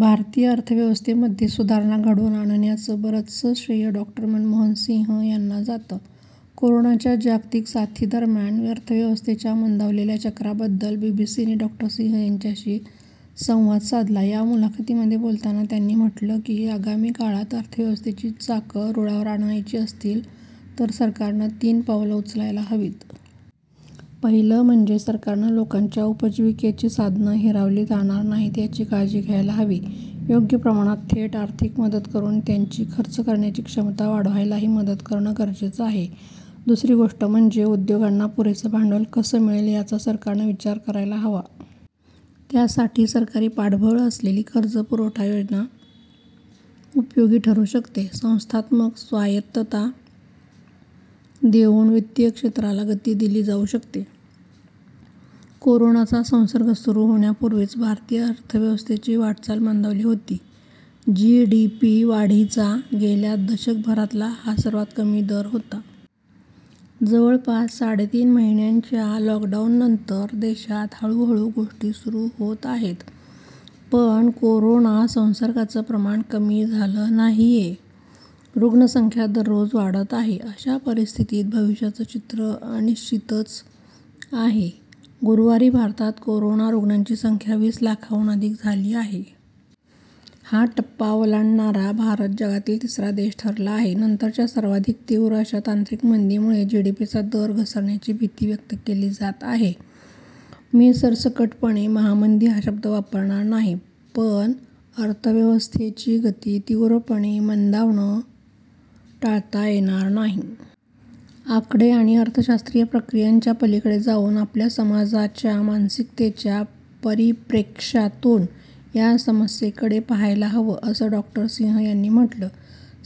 भारतीय अर्थव्यवस्थेमध्ये सुधारणा घडवून आणण्याचं बरंचसं श्रेय डॉ. मनमोहन सिंह यांना जातं. कोरोनाच्या जागतिक साथीदरम्यान अर्थव्यवस्थेच्या मंदावलेल्या चक्राबद्दल बीबीसीने डॉ. सिंह यांच्याशी संवाद साधला. या मुलाखतीमध्ये बोलताना त्यांनी म्हटलं की, आगामी काळात अर्थव्यवस्थेची चाकं रुळावर आणायची असतील तर सरकारनं तीन पावलं उचलायला हवीत. पहिलं म्हणजे सरकारनं लोकांच्या उपजीविकेची साधनं हिरावली जाणार नाहीत, याची काळजी घ्यायला हवी. योग्य प्रमाणात थेट आर्थिक मदत करून त्यांची खर्च करण्याची क्षमता वाढवायलाही मदत करणं गरजेचं आहे. दुसरी गोष्ट म्हणजे उद्योगांना पुरेसं भांडवल कसं मिळेल याचा सरकारनं विचार करायला हवा. त्यासाठी सरकारी पाठबळ असलेली कर्ज पुरवठा योजना उपयोगी ठरु शकते. संस्थात्मक स्वायत्तता देऊन वित्तीय क्षेत्राला गती दिली जाऊ शकते. कोरोनाचा संसर्ग सुरू होण्यापूर्वीच भारतीय अर्थव्यवस्थेची वाटचाल मंदावली होती. जीडीपी वाढीचा गेल्या दशकभरातला हा सर्वात कमी दर होता. जवळपास साडेतीन महिन्यांच्या लॉकडाऊननंतर देशात हळूहळू गोष्टी सुरू होत आहेत. पण कोरोना संसर्गाचं प्रमाण कमी झालं नाहीये, रुग्णसंख्या दररोज वाढत आहे. अशा परिस्थितीत भविष्याचं चित्र अनिश्चितच आहे. गुरूवारी भारतात कोरोना रुग्णांची संख्या वीस लाखांहून अधिक झाली आहे. हा टप्पा ओलांडणारा भारत जगातील तिसरा देश ठरला आहे. नंतरच्या सर्वाधिक तीव्र अशा तांत्रिक मंदीमुळे जीडीपीचा दर घसरण्याची भीती व्यक्त केली जात आहे. मी सरसकटपणे महामंदी हा शब्द वापरणार नाही. पण अर्थव्यवस्थेची गती तीव्रपणे मंदावणं टाळता येणार नाही. आकडे आणि अर्थशास्त्रीय प्रक्रियांच्या पलीकडे जाऊन आपल्या समाजाच्या मानसिकतेच्या परिप्रेक्ष्यातून या समस्येकडे पहायला हवं असं डॉ. सिंह यांनी म्हटलं.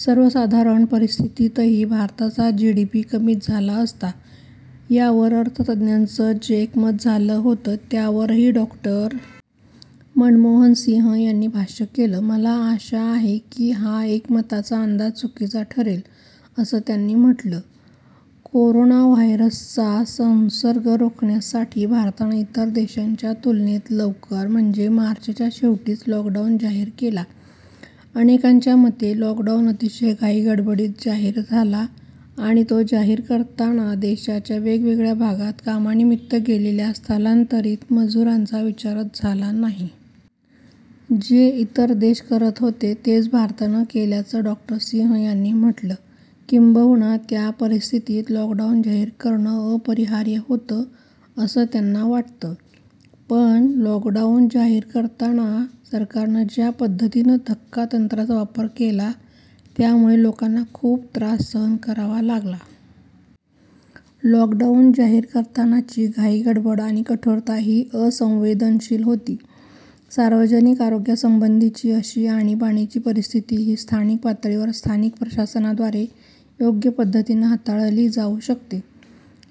सर्वसाधारण परिस्थितीतही भारताचा जीडीपी कमीच झाला असता, यावर अर्थतज्ज्ञांचं जे एकमत झालं होतं, त्यावरही डॉ. मनमोहन सिंह यांनी भाष्य केलं. मला आशा आहे, की हा एकमताचा अंदाज चुकीचा ठरेल, असं त्यांनी म्हटलं. कोरोना व्हायरसचा संसर्ग रोखण्यासाठी भारतानं इतर देशांच्या तुलनेत लवकर म्हणजे मार्चच्या शेवटीच लॉकडाऊन जाहीर केला. अनेकांच्या मते लॉकडाऊन अतिशय घाईगडबडीत जाहीर झाला आणि तो जाहीर करताना देशाच्या वेगवेगळ्या भागात कामानिमित्त गेलेल्या स्थलांतरित मजुरांचा विचारच झाला नाही. जे इतर देश करत होते, तेच भारतानं केल्याचं डॉ. सिंह यांनी म्हटलं. किंबहुना त्या परिस्थितीत लॉकडाऊन जाहीर करणं अपरिहार्य होतं, असं त्यांना वाटतं. पण लॉकडाऊन जाहीर करताना सरकारनं ज्या पद्धतीनं धक्कातंत्राचा वापर केला त्यामुळे लोकांना खूप त्रास सहन करावा लागला. लॉकडाऊन जाहीर करतानाची घाईगडबड आणि कठोरता ही असंवेदनशील होती. सार्वजनिक आरोग्यासंबंधीची अशी आणीबाणीची परिस्थिती ही स्थानिक पातळीवर स्थानिक प्रशासनाद्वारे योग्य पद्धतीनं हाताळली जाऊ शकते.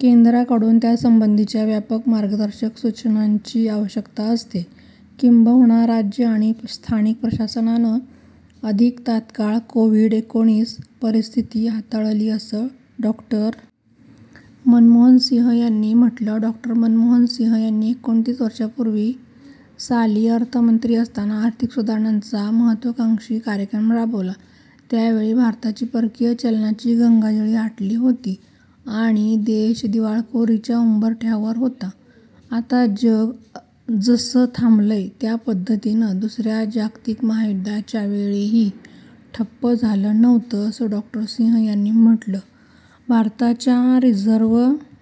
केंद्राकडून त्यासंबंधीच्या व्यापक मार्गदर्शक सूचनांची आवश्यकता असते. किंबहुना राज्य आणि स्थानिक प्रशासनानं अधिक तात्काळ कोव्हिड-एकोणीस परिस्थिती हाताळली असं डॉ. मनमोहन सिंह यांनी म्हटलं. डॉ. मनमोहन सिंह यांनी एकोणतीस वर्षांपूर्वी साली अर्थमंत्री असताना आर्थिक सुधारणांचा महत्त्वाकांक्षी कार्यक्रम राबवला. त्यावेळी भारताची परकीय चलनाची गंगाजळी आटली होती आणि देश दिवाळखोरीच्या उंबरठ्यावर होता. आता जग जसं थांबलंय, त्या पद्धतीनं दुसऱ्या जागतिक महायुद्धाच्या वेळीही ठप्प झालं नव्हतं असं डॉ. सिंह यांनी म्हटलं. भारताच्या रिझर्व्ह